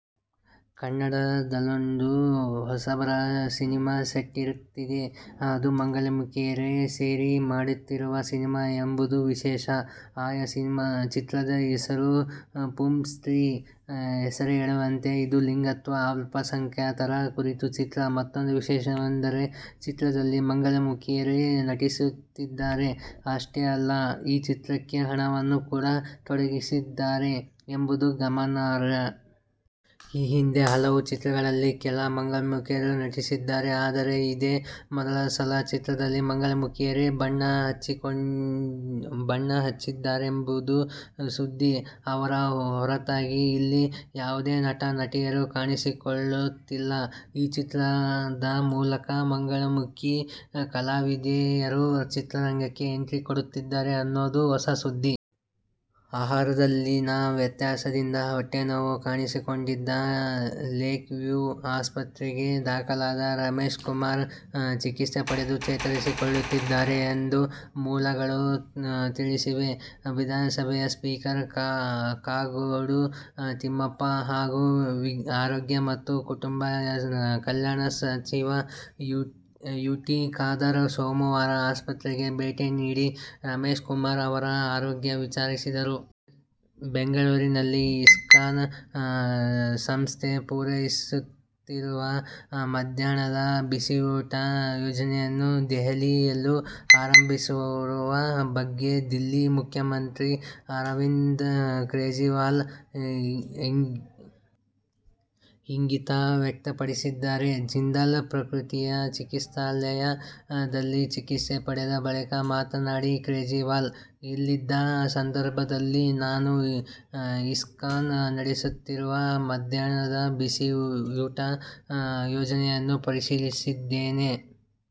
ಕನ್ನಡದಲ್ಲೊಂದು ಹೊಸಬರ ಸಿನಿಮಾ ಸೆಟ್ಟೇರುತ್ತಿದೆ. ಅದು ಮಂಗಳಮುಖೀಯರೇ ಸೇರಿ ಮಾಡುತ್ತಿರುವ ಸಿನಿಮಾ ಎಂಬುದು ವಿಶೇಷ. ಆ ಚಿತ್ರದ ಹೆಸರು "ಪುಂಸ್ತ್ರೀ' ಹೆಸರೇ ಹೇಳುವಂತೆ, ಇದು ಲಿಂಗತ್ವ ಅಲ್ಪಸಂಖ್ಯಾತರ ಕುರಿತ ಚಿತ್ರ. ಮತ್ತೂಂದು ವಿಶೇಷವೆಂದರೆ, ಚಿತ್ರದಲ್ಲಿ ಮಂಗಳಮುಖೀಯರೇ ನಟಿಸುತ್ತಿದ್ದಾರೆ. ಅಷ್ಟೇ ಅಲ್ಲ, ಈ ಚಿತ್ರಕ್ಕೆ ಹಣವನ್ನೂ ಕೂಡ ತೊಡಗಿಸಿದ್ದಾರೆ ಎಂಬುದು ಗಮನಾರ್ಹ. ಈ ಹಿಂದೆ ಹಲವು ಚಿತ್ರಗಳಲ್ಲಿ ಕೆಲ ಮಂಗಳಮುಖೀಯರು ನಟಿಸಿದ್ದಾರೆ. ಆದರೆ, ಇದೇ ಮೊದಲ ಸಲ ಚಿತ್ರದಲ್ಲಿ ಮಂಗಳಮುಖೀಯರೇ ಬಣ್ಣ ಹಚ್ಚಿದ್ದಾರೆಂಬುದು ಸುದ್ದಿ. ಅವರ ಹೊರತಾಗಿ ಇಲ್ಲಿ ಯಾವುದೇ ನಟ, ನಟಿಯರು ಕಾಣಿಸಿಕೊಳ್ಳುತ್ತಿಲ್ಲ. ಈ ಚಿತ್ರದ ಮೂಲಕ ಮಂಗಳಮುಖೀ ಕಲಾವಿದೆಯರು ಚಿತ್ರರಂಗಕ್ಕೆ ಎಂಟ್ರಿಕೊಡುತ್ತಿದ್ದಾರೆ ಅನ್ನೋದು ಹೊಸ ಸುದ್ದಿ.. ಆಹಾರದಲ್ಲಿನ ವ್ಯತ್ಯಾಸ ದಿಂದ ಹೊಟ್ಟೆನೋವು ಕಾಣಿಸಿಕೊಂಡಿದ್ದರಿಂದ ಲೇಕ್ ವ್ಯೂ ಆಸ್ಪತ್ರೆಗೆ ದಾಖಲಾದ ರಮೇಶ್ಕುಮಾರ್, ಚಿಕಿತ್ಸೆ ಪಡೆದು ಚೇತರಿಸಿಕೊಳ್ಳುತ್ತಿದ್ದಾರೆ ಎಂದು ಮೂಲಗಳು ತಿಳಿಸಿವೆ. ವಿಧಾನಸಭೆಯ ಸ್ಪೀಕರ್ ಕಾಗೋಡು ತಿಮ್ಮಪ್ಪ ಹಾಗೂ ಆರೋಗ್ಯ ಮತ್ತು ಕುಟುಂಬ ಕಲ್ಯಾಣ ಸಚಿವ ಯು. ಟಿ. ಖಾದರ್ ಸೋಮವಾರ ಆಸ್ಪತ್ರೆಗೆ ಭೇಟಿ ನೀಡಿ, ರಮೇಶ್ ಕುಮಾರ್ ಅವರ ಆರೋಗ್ಯ ವಿಚಾರಿಸಿದರು. ಬೆಂಗಳೂರಿನಲ್ಲಿ ಇಸ್ಕಾನ್ ಸಂಸ್ಥೆ ಪೂರೈಸುತ್ತಿರುವ ಮಧ್ಯಾಹ್ನದ ಬಿಸಿಯೂಟ ಯೋಜನೆಯನ್ನು ದೆಹಲಿ ಯಲ್ಲೂ ಆರಂಭಿಸುವ ಬಗ್ಗೆ ದಿಲ್ಲಿ ಮುಖ್ಯಮಂತ್ರಿ ಅರವಿಂದ ಕೇಜ್ರಿವಾಲ್ ಇಂಗಿತ ವ್ಯಕ್ತಪಡಿಸಿದ್ದಾರೆ. ಜಿಂದಾಲ್ ಪ್ರಕೃತಿ ಚಿಕಿತ್ಸಾಲಯ ದಲ್ಲಿ ಚಿಕಿತ್ಸೆ ಪಡೆದ ಬಳಿಕ ಮಾತನಾಡಿದ ಕೇಜ್ರಿವಾಲ್, "ಇಲ್ಲಿದ್ದ ಸಂದರ್ಭದಲ್ಲಿ ನಾನು ಇಸ್ಕಾನ್ ನಡೆಸುತ್ತಿರುವ ಮಧ್ಯಾಹ್ನದ ಬಿಸಿಯೂಟ ಯೋಜನೆಯನ್ನು ಪರಿಶೀಲಿಸಿದ್ದೇನೆ.